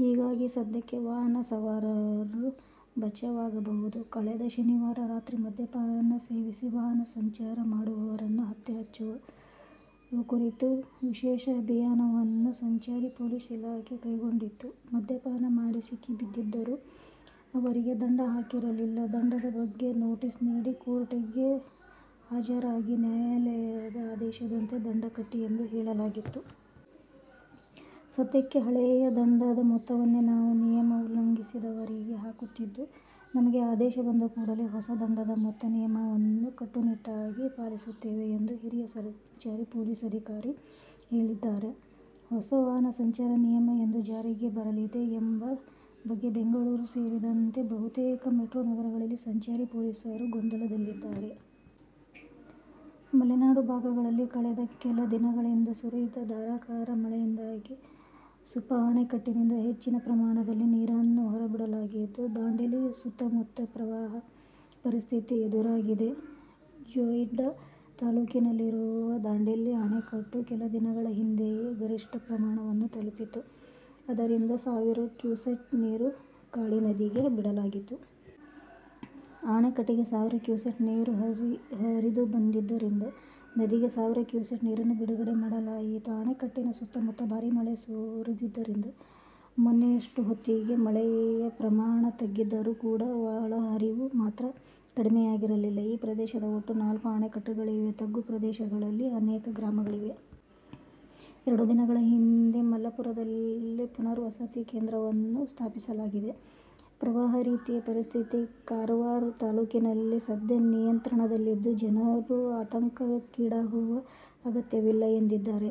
ಹೀಗಾಗಿ ಸದ್ಯಕ್ಕೆ ವಾಹನ ಸವಾರರು ಬಚಾವಾಗಬಹುದು. ಕಳೆದ ಶನಿವಾರ ರಾತ್ರಿ ಮದ್ಯಪಾನ ಸೇವಿಸಿ ವಾಹನ ಸಂಚಾರ ಮಾಡುವವರನ್ನು ಪತ್ತೆಹಚ್ಚುವ ಕುರಿತು ವಿಶೇಷ ಅಭಿಯಾನವನ್ನು ಸಂಚಾರಿ ಪೊಲೀಸ್ ಇಲಾಖೆ ಕೈಗೊಂಡಿತ್ತು. ಮದ್ಯಪಾನ ಮಾಡಿ ಸಿಕ್ಕಿಬಿದ್ದಿದ್ದರೂ ಅವರಿಗೆ ದಂಡ ಹಾಕಿರಲಿಲ್ಲ. ದಂಡದ ಬಗ್ಗೆ ನೊಟೀಸ್ ನೀಡಿ ಕೋರ್ಟ್ ಗೆ ಹಾಜರಾಗಿ ನ್ಯಾಯಾಲಯದ ಆದೇಶದಂತೆ ದಂಡ ಕಟ್ಟಿ ಎಂದು ಹೇಳಲಾಗಿತ್ತು. ಸದ್ಯಕ್ಕೆ ಹಳೆಯ ದಂಡದ ಮೊತ್ತವನ್ನೇ ನಾವು ನಿಯಮ ಉಲ್ಲಂಘಿಸಿದವರಿಗೆ ಹಾಕುತ್ತಿದ್ದು ನಮಗೆ ಆದೇಶ ಬಂದ ಕೂಡಲೇ ಹೊಸ ದಂಡದ ಮೊತ್ತ ನಿಯಮವನ್ನು ಕಟ್ಟುನಿಟ್ಟಾಗಿ ಪಾಲಿಸುತ್ತೇವೆ ಎಂದು ಹಿರಿಯ ಸಂಚಾರಿ ಪೊಲೀಸ್ ಅಧಿಕಾರಿ ಹೇಳುತ್ತಾರೆ. ಹೊಸ ವಾಹನ ಸಂಚಾರ ನಿಯಮ ಎಂದು ಜಾರಿಗೆ ಬರಲಿದೆ ಎಂಬ ಬಗ್ಗೆ ಬೆಂಗಳೂರು ಸೇರಿದಂತೆ ಬಹುತೇಕ ಮೆಟ್ರೊ ನಗರಗಳಲ್ಲಿ ಸಂಚಾರಿ ಪೊಲೀಸರು ಗೊಂದಲದಲ್ಲಿದ್ದಾರೆ. ಮಲೆನಾಡು ಭಾಗಗಳಲ್ಲಿ ಕಳೆದ ಕೆಲ ದಿನಗಳಿಂದ ಸುರಿದ ಧಾರಾಕಾರ ಮಳೆಯಿಂದಾಗಿ ಸುಪಾ ಅಣೆಕಟ್ಟಿನಿಂದ ಹೆಚ್ಚಿನ ಪ್ರಮಾಣದಲ್ಲಿ ನೀರನ್ನು ಹೊರಬಿಡಲಾಗಿದ್ದು ದಾಂಡೇಲಿ ಸುತ್ತಮುತ್ತ ಪ್ರವಾಹ ಪರಿಸ್ಥಿತಿ ಎದುರಾಗಿದೆ. ಜೊಯ್ಡಾ ತಾಲ್ಲೂಕಿನಲ್ಲಿರುವ ದಾಂಡೇಲಿ ಅಣೆಕಟ್ಟು ಕೆಲ ದಿನಗಳ ಹಿಂದೆಯೇ ಗರಿಷ್ಠ ಪ್ರಮಾಣವನ್ನು ತಲುಪಿತ್ತು. ಅದರಿಂದ ಸಾವಿರ ಕ್ಯೂಸೆಕ್ ನೀರು ಕಾಳಿ ನದಿಗೆ ಬಿಡಲಾಗಿತ್ತು. ಅಣೆಕಟ್ಟಿಗೆ ಸಾವಿರ ಕ್ಯೂಸೆಕ್ ನೀರು ಹರಿದುಬಂದಿದ್ದರಿಂದ ನದಿಗೆ ಸಾವಿರ ಕ್ಯೂಸೆಕ್ ನೀರನ್ನು ಬಿಡುಗಡೆ ಮಾಡಲಾಯಿತು. ಅಣೆಕಟ್ಟಿನ ಸುತ್ತಮುತ್ತ ಭಾರೀ ಮಳೆ ಸುರಿದಿದ್ದರಿಂದ ಮೊನ್ನೆಯಷ್ಟು ಹೊತ್ತಿಗೆ ಮಳೆಯ ಪ್ರಮಾಣ ತಗ್ಗಿದರೂ ಕೂಡ ಒಳಹರಿವು ಮಾತ್ರ ಕಡಿಮೆಯಾಗಲಿಲ್ಲ. ಈ ಪ್ರದೇಶದಲ್ಲಿ ಒಟ್ಟು ನಾಲ್ಕು ಅಣೆಕಟ್ಟುಗಳಿವೆ. ತಗ್ಗು ಪ್ರದೇಶಗಳಲ್ಲಿ ಅನೇಕ ಗ್ರಾಮಗಳಿವೆ. ಎರಡು ದಿನಗಳ ಹಿಂದೆ ಮಲ್ಲಪುರದಲ್ಲಿ ಪುನರ್ವಸತಿ ಕೇಂದ್ರವನ್ನು ಸ್ಥಾಪಿಸಲಾಗಿದೆ. ಪ್ರವಾಹ ರೀತಿಯ ಪರಿಸ್ಥಿತಿ ಕಾರವಾರ ತಾಲ್ಲೂಕಿನಲ್ಲಿ ಸದ್ಯ ನಿಯಂತ್ರಣದಲ್ಲಿದ್ದು ಜನರು ಆತಂಕಕ್ಕೀಡಾಗುವ ಅಗತ್ಯವಿಲ್ಲ ಎಂದಿದ್ದಾರೆ.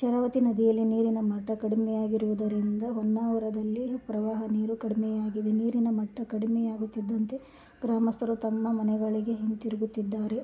ಶರಾವತಿ ನದಿಯಲ್ಲಿ ನೀರಿನ ಮಟ್ಟ ಕಡಿಮೆಯಾಗಿರುವುದರಿಂದ ಹೊನ್ನಾವರದಲ್ಲಿ ಪ್ರವಾಹ ನೀರು ಕಡಿಮೆಯಾಗಿದೆ. ನೀರಿನ ಮಟ್ಟ ಕಡಿಮೆಯಾಗುತ್ತಿದ್ದಂತೆ ಗ್ರಾಮಸ್ಥರು ತಮ್ಮ ಮನೆಗಳಿಗೆ ಹಿಂತಿರುಗುತ್ತಿದ್ದಾರೆ.